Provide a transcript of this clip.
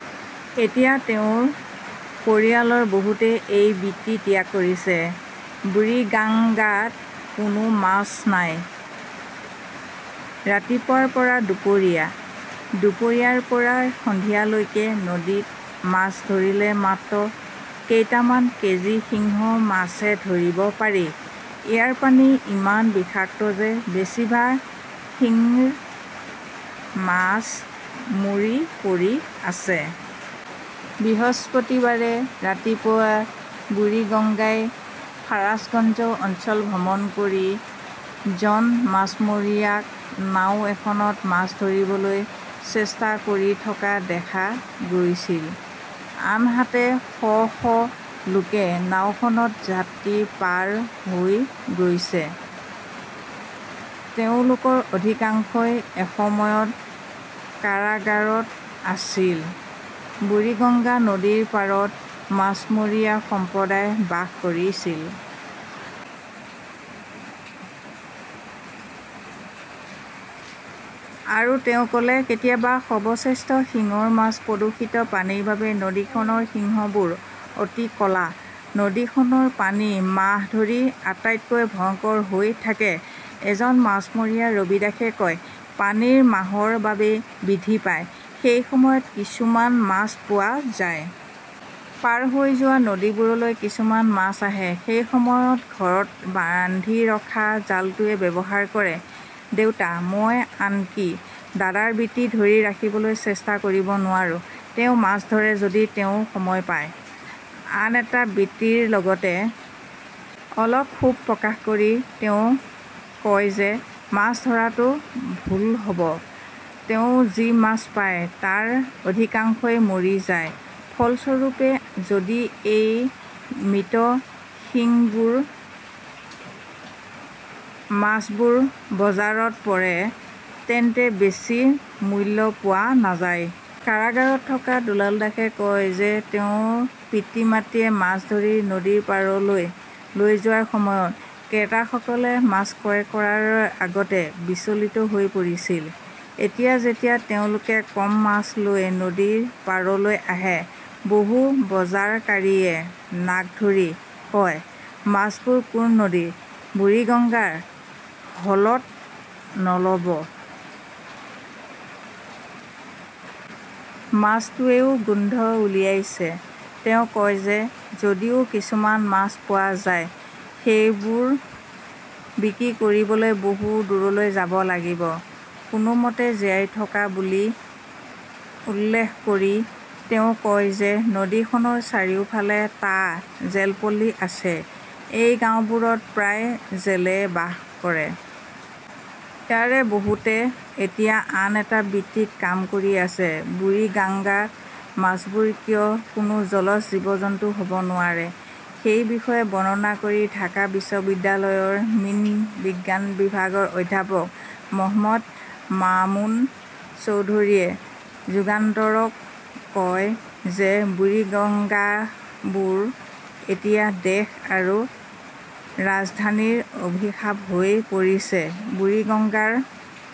এতিয়া তেওঁৰ পৰিয়ালৰ বহুতে এই বৃত্তি ত্যাগ কৰিছে। বুৰিগাংগাত কোনো মাছ নাই, ৰাতিপুৱাৰ পৰা দুপৰীয়া, দুপৰীয়াৰ পৰা সন্ধিয়ালৈকে নদীত মাছ ধৰিলে মাত্ৰ কেইটামান কেজি সিংহ মাছহে ধৰিব পাৰি। ইয়াৰ পানী ইমান বিষাক্ত যে বেছিভাগ শিংৰ মাছ মৰি পৰি আছে। বৃহস্পতিবাৰে ৰাতিপুৱা বুৰিগংগাই ফাৰাছগঞ্জ অঞ্চল ভ্ৰমণ কৰি জন মাছমৰীয়াক নাও এখনত মাছ ধৰিবলৈ চেষ্টা কৰি থকা দেখা গৈছিল। আনহাতে, শ শ লোকে নাওখনত যাত্ৰী পাৰ হৈ গৈছে। তেওঁলোকৰ অধিকাংশই এসময়ত কাৰাগাৰত আছিল। বুৰিগঙ্গা নদীৰ পাৰত মাছমৰীয়া সম্প্ৰদায় বাস কৰিছিল। আৰু তেওঁ ক "লে," কেতিয়াবা সৰ্বশ্ৰেষ্ঠ শিংৰ মাছ। " প্ৰদূষিত পানীৰ বাবে নদীখনৰ সিংহবোৰ অতি ক 'লা। নদীখনৰ পানী মাহ ধৰি আটাইতকৈ ভয়ংকৰ হৈ থাকে, এজন মাছমৰীয়া ৰবি দাসে কয়। পানী মাহৰ বাবে বৃদ্ধি পায়, সেই সময়ত কিছুমান মাছ পোৱা যায়। পাৰ হৈ যোৱা নদীবোৰলৈ কিছুমান মাছ আহে। সেই সময়ত ঘৰত বান্ধি ৰখা জালটোৱে ব্যৱহাৰ কৰে। দেউতা, মই আনকি দাদাৰ বৃত্তি ধৰি ৰাখিবলৈ চেষ্টা কৰিব নোৱাৰোঁ। তেওঁ মাছ ধৰে যদি তেওঁ সময় পায়, আন এটা বৃত্তিৰ লগতে। অলপ ক্ষোভ প্ৰকাশ কৰি তেওঁ কয় যে মাছ ধৰাটো ভুল হ "ব, তেওঁ যি মাছ পায় তাৰ অধিকাংশই মৰি যায়। ফলস্বৰূপে, যদি এই মৃত শিংবোৰ মাছবোৰ বজাৰত পৰে তেন্তে বেছি মূল্য পোৱা নাযায়। কাৰাগাৰত থকা দুলাল দাসে কয় যে তেওঁৰ পিতৃ-মাতৃয়ে মাছ ধৰি নদীৰ পাৰলৈ লৈ যোৱাৰ সময়ত ক্ৰেতাসকলে মাছ ক্ৰয় কৰাৰ আগতে বিচলিত হৈ পৰিছিল। এতিয়া যেতিয়া তেওঁলোকে কম মাছ লৈ নদীৰ পাৰলৈ আহে, বহু বজাৰকাৰীয়ে নাক ধৰি কয়, 'মাছবোৰ কোন নদীৰ, বুৰিগঙ্গাৰ হলত নল' ব। মাছটোৱেও গোন্ধ উলিয়াইছে। "তেওঁ কয় যে যদিও কিছুমান মাছ পোৱা যায়, সেইবোৰ বিক্ৰী কৰিবলৈ বহু দূৰলৈ যাব লাগিব। কোনোমতে জীয়াই থকা বুলি উল্লেখ কৰি তেওঁ কয় যে নদীখনৰ চাৰিওফালে টা জেলপল্লী আছে। এই গাওঁবোৰত প্ৰায় জেলে বাস কৰে। ইয়াৰে বহুতে এতিয়া আন এটা বৃত্তিত কাম কৰি আছে। বুৰিগাংগাত মাছবোৰ কিয় কোনো জলজ জীৱ-জন্তু হ "ব নোৱাৰে সেই বিষয়ে বৰ্ণনা কৰি ঢাকা বিশ্ববিদ্যালয়ৰ মীন বিজ্ঞান বিভাগৰ অধ্যাপক মহম্মদ মামুন চৌধুৰীয়ে যুগান্তৰক কয় যে বুৰিগংগাবোৰ এতিয়া দেশ আৰু ৰাজধানীৰ অভিশাপ হৈ পৰিছে। বুৰিগঙ্গাৰ